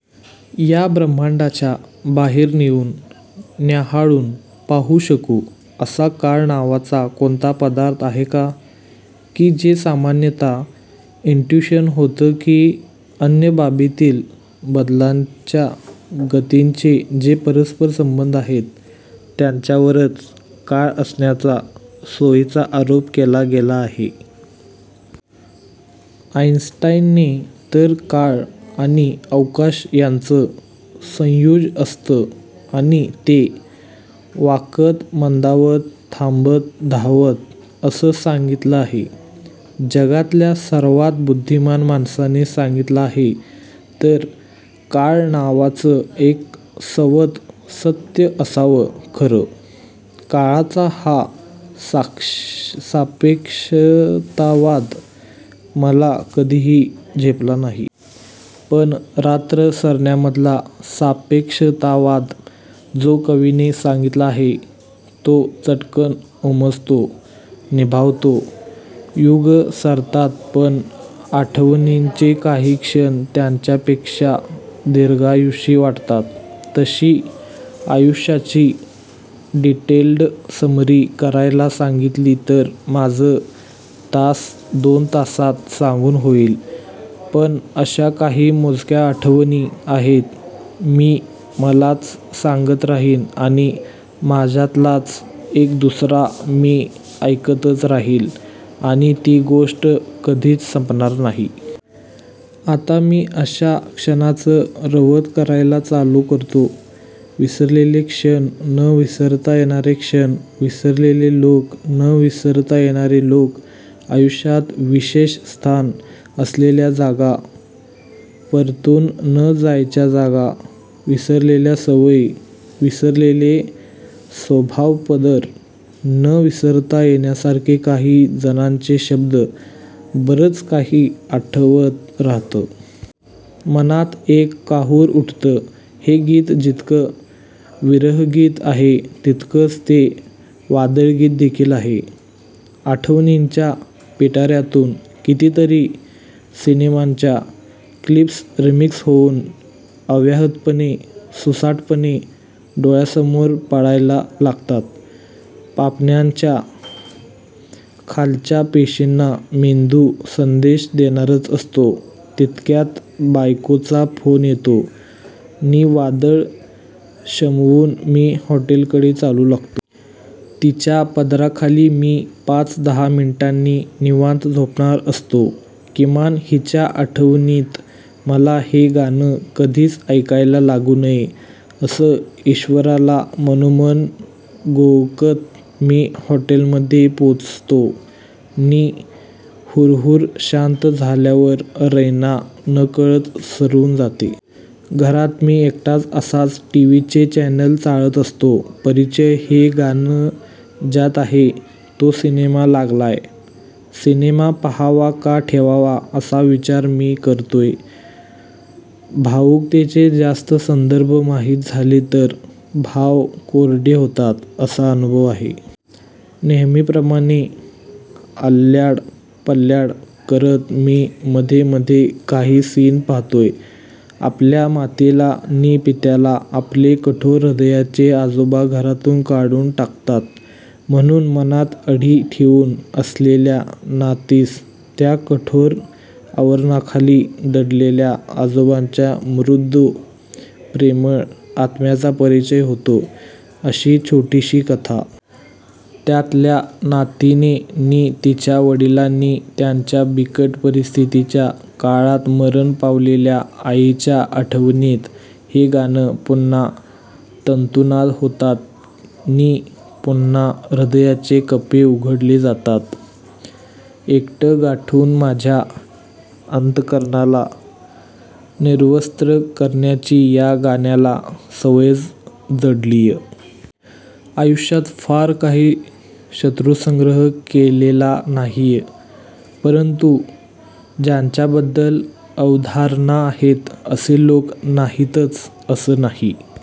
या ब्रह्मांडाच्या बाहेर नेऊन न्याहाळून पाहू शकू असा काळ नावाचा कोणता पदार्थ आहे का? कि जे सामान्यतः इंट्यूशन होतं कि अन्य बाबींतील बदलांच्या गतींचे जे परस्परसंबंध आहेत त्यांच्यावरच काळ असण्याचा सोयीचा आरोप केला गेला आहे? आईनस्टाईनने तर काळ आणि अवकाश यांचं संयुज असतं आणि ते वाकतं, मंदावतं, थांबतं, धावतं असं सांगितलं आहे. जगातल्या सर्वात बुद्धिमान माणसाने सांगितलं आहे तर काळ नावाचं एक सवतं सत्य असावं खरं. काळाचा हा सापेक्षतावाद मला कधीही झेपला नाही. पण रात्र सरण्यामधला सापेक्षतावाद जो कवीने सांगितला आहे तो चटकन उमजतो नि भावतो. युगं सरतात पण आठवणींचे काही क्षण त्यांच्यापेक्षा दीर्घायुषी वाटतात. तशी आयुष्याची डिटेल्ड समरी करायला सांगितली तर माझं तास दोन तासांत सांगून होईल, पण अशा काही मोजक्या आठवणी आहेत, मी मलाच सांगत राहीन आणि माझ्यातलाच एक दुसरा मी ऐकतच राहील आणि ती गोष्ट कधीच संपणार नाही. आता मी अशा क्षणांचं रवंथ करायला चालू करतो. विसरलेले क्षण, न विसरता येणारे क्षण, विसरलेले लोक, न विसरता येणारे लोक, आयुष्यात विशेष स्थान असलेल्या जागा, परतून न जायच्या जागा, विसरलेल्या सवयी, विसरलेले स्वभावपदर, न विसरता येण्यासारखे काही जणांचे शब्द, बरंच काही आठवत राहतं. मनात एक काहूर उठतं. हे गीत जितकं विरहगीत आहे तितकंच ते वादळगीत देखील आहे. आठवणींच्या पिटाऱ्यातून कितीतरी सिनेमांच्या क्लिप्स रिमिक्स होऊन अव्याहतपणे सुसाटपणे डोळ्यासमोर पळायला लागतात. पापण्यांच्या खालच्या पेशींना मेंदू संदेश देणारच असतो तितक्यात बायकोचा फोन येतो नि वादळ शमवून मी हॉटेलकडे चालू लागतो. तिच्या पदराखाली मी पाच-दहा मिनिटांनी निवांत झोपणार असतो. किमान हिच्या आठवणींत मला हे गाणं कधीच ऐकायला लागू नये असं ईश्वराला मनोमन घोकत मी हॉटेलमध्ये पोचतो नि हुरहुर शांत झाल्यावर रैना नकळत सरून जाते. घरात मी एकटाच असाच टीव्हीचे चॅनेल चाळत असतो. परिचय, हे गाणं ज्यात आहे तो सिनेमा लागलाय. सिनेमा पाहावा का ठेवावा असा विचार मी करतोय. भावूकतेचे जास्त संदर्भ माहीत झाले तर भाव कोरडे होतात असा अनुभव आहे. नेहमीप्रमाणे आल्याड पल्याड करत मी मधे मधे काही सीन पाहतोय. आपल्या मातेला नि पित्याला आपले कठोर हृदयाचे आजोबा घरातून काढून टाकतात म्हणून मनात अढी ठेवून असलेल्या नातीस त्या कठोर आवरणाखाली दडलेल्या आजोबांच्या मृदू, प्रेमळ आत्म्याचा परिचय होतो अशी छोटीशी कथा! त्यातल्या नातीने नि तिच्या वडिलांनी त्यांच्या बिकट परिस्थितीच्या काळात मरण पावलेल्या आईच्या आठवणीत हे गाणं. पुन्हा तंतुनाद होतात नि पुन्हा हृदयाचे कप्पे उघडले जातात. एकटं गाठून माझ्या अंतःकरणाला निर्वस्त्र करण्याची या गाण्याला सवयच जडलीय. आयुष्यात फार काही शत्रुसंग्रह केलेला नाहीय परंतु ज्यांच्याबद्दल अवधारणा आहेत असे लोक नाहीतच असं नाही.